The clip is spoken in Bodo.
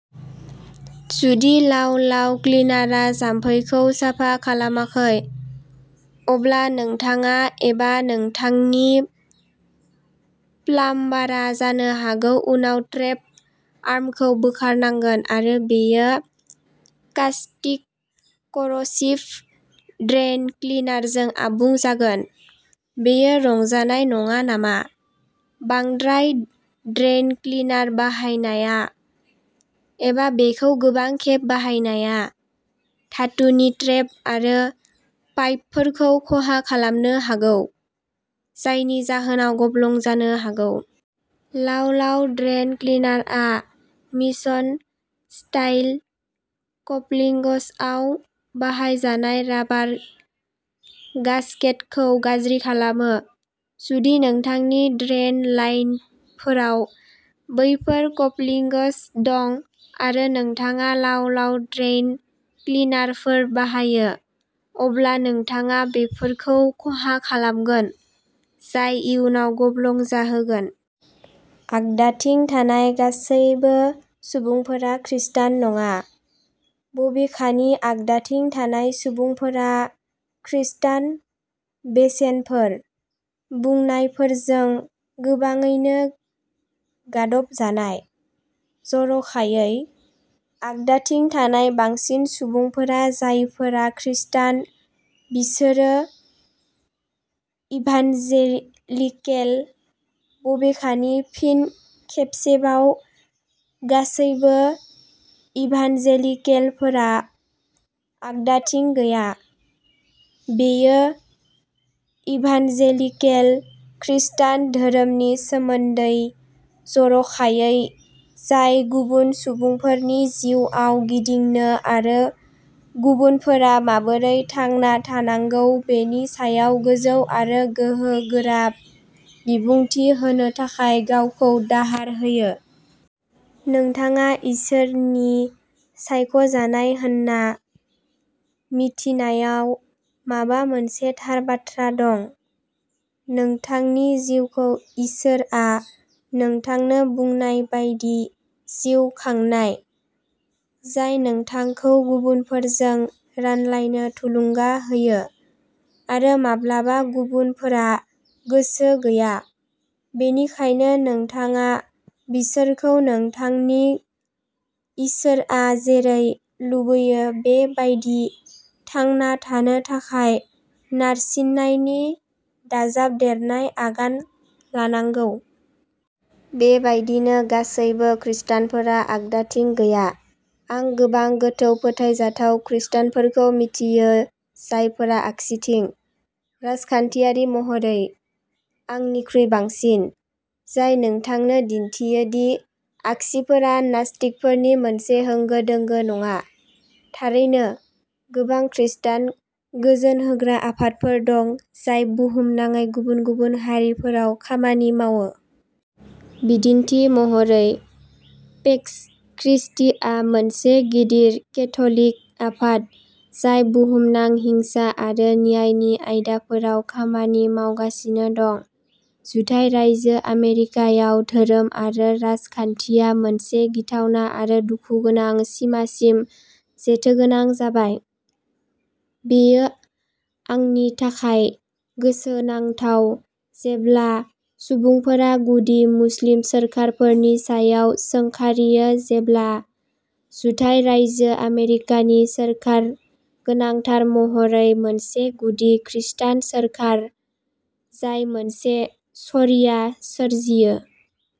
जुदि लाव-लाव क्लिनारा जामफैखौ साफा खालामाखै, अब्ला नोंथाङा एबा नोंथांनि प्लाम्बारा जानो हागौ उनाव ट्रेप आर्मखौ बोखारनांगोन आरो बेयो कास्टिक कर'सिभ ड्रेइन क्लिनारजों आबुं जागोन। बेयो रंजानाय नङा नामा? बांद्राय ड्रेइन क्लिनार बाहायनाया, एबा बेखौ गोबां खेब बाहायनाया, धातुनि ट्रेप आरो पाइपफोरखौ खहा खालामनो हागौ, जायनि जाहोनाव गब्लं जानो हागौ। लाव-लाव ड्रेइन क्लिनारआ "मिशन" स्टाइल कपलिंग्सआव बाहायजानाय राबार गास्केटखौ गाज्रि खालामो। जुदि नोंथांनि ड्रेइन लाइनफोराव बैफोर कपलिंग्स दं आरो नोंथाङा लाव-लाव ड्रेइन क्लिनारफोर बाहायो, अब्ला नोंथाङा बेफोरखौ खहा खालामगोन, जाय इयुनाव गब्लं जाहोगोन। आगदाथिं थानाय गासैबो सुबुंफोरा खृस्टान नङा, बबेखानि आगदाथिं थानाय सुबुंफोरा "खृस्टान बेसेनफोर" बुंनायफोरजों गोबाङैनो गादबजानाय। जर'खायै, आगदाथिं थानाय बांसिन सुबुंफोरा जायफोरा खृस्टान, बिसोरो इभान्जेलिकेल, बबेखानि फिन खेबसेबाव गासैबो इभान्जेलिकेलफोरा आगदाथिं गैया। बेयो इभान्जेलिकेल खृस्टान धोरोमनि सोमोन्दै, जर'खायै, जाय गुबुन सुबुंफोरनि जिउआव गिदिंनो आरो गुबुनफोरा माबोरै थांना थानांगौ बेनि सायाव गोजौ आरो गोहोगोरा बिबुंथि होनो थाखाय गावखौ दाहार होयो। नोंथाङा इसोरनि सायख'जानाय होन्ना मिथिनायाव माबा मोनसे थार बाथ्रा दं, नोंथांनि जिउखौ इसोरआ नोंथांनो बुंनाय बायदि जिउ खांनाय, जाय नोंथांखौ गुबुनफोरजों रानलायनो थुलुंगा होयो। आरो माब्लाबा गुबुनफोरा गोसो गैया, बेनिखायनो नोंथाङा बिसोरखौ नोंथांनि इसोरआ जेरै लुबैयो बे बायदि थांना थानो थाखाय नारसिननायनि दाजाबदेरनाय आगान लानांगौ। बेबायदिनो, गासैबो खृस्टानफोरा आगदाथिं गैया। आं गोबां गोथौ फोथायजाथाव खृस्टानफोरखौ मिथियो जायफोरा आगसिथिं, राजखान्थियारि महरै, आंनिख्रुइ बांसिन। जाय नोंथांनो दिन्थियो दि आगसिफोरा नास्तिकफोरनि मोनसे होंगो-दोंगो नङा। थारैनो, गोबां खृस्टान गोजोन होग्रा आफादफोर दं जाय बुहुमनाङै गुबुन-गुबुन हारिफोराव खामानि मावो। बिदिन्थि महरै, पेक्स क्रिस्टीआ मोनसे गिदिर केथ'लिक आफाद जाय बुहुमनां हिंसा आरो न्यायनि आयदाफोराव खामानि मावगासिनो दं। जुथाइ रायजो आमेरिकायाव धोरोम आरो राजखान्थिया मोनसे गिथावना आरो दुखुगोनां सिमासिम जेथोगोनां जाबाय। बेयो आंनि थाखाय गोसोनांथाव जेब्ला सुबुंफोरा गुदि मुस्लिम सोरखारफोरनि सायाव सोंखारियो जेब्ला जुथाइ रायजो आमेरिकानि सोरखारा गोनांथार महरै मोनसे गुदि खृस्टान सोरखार, जाय मोनसे शरिया सोरजियो।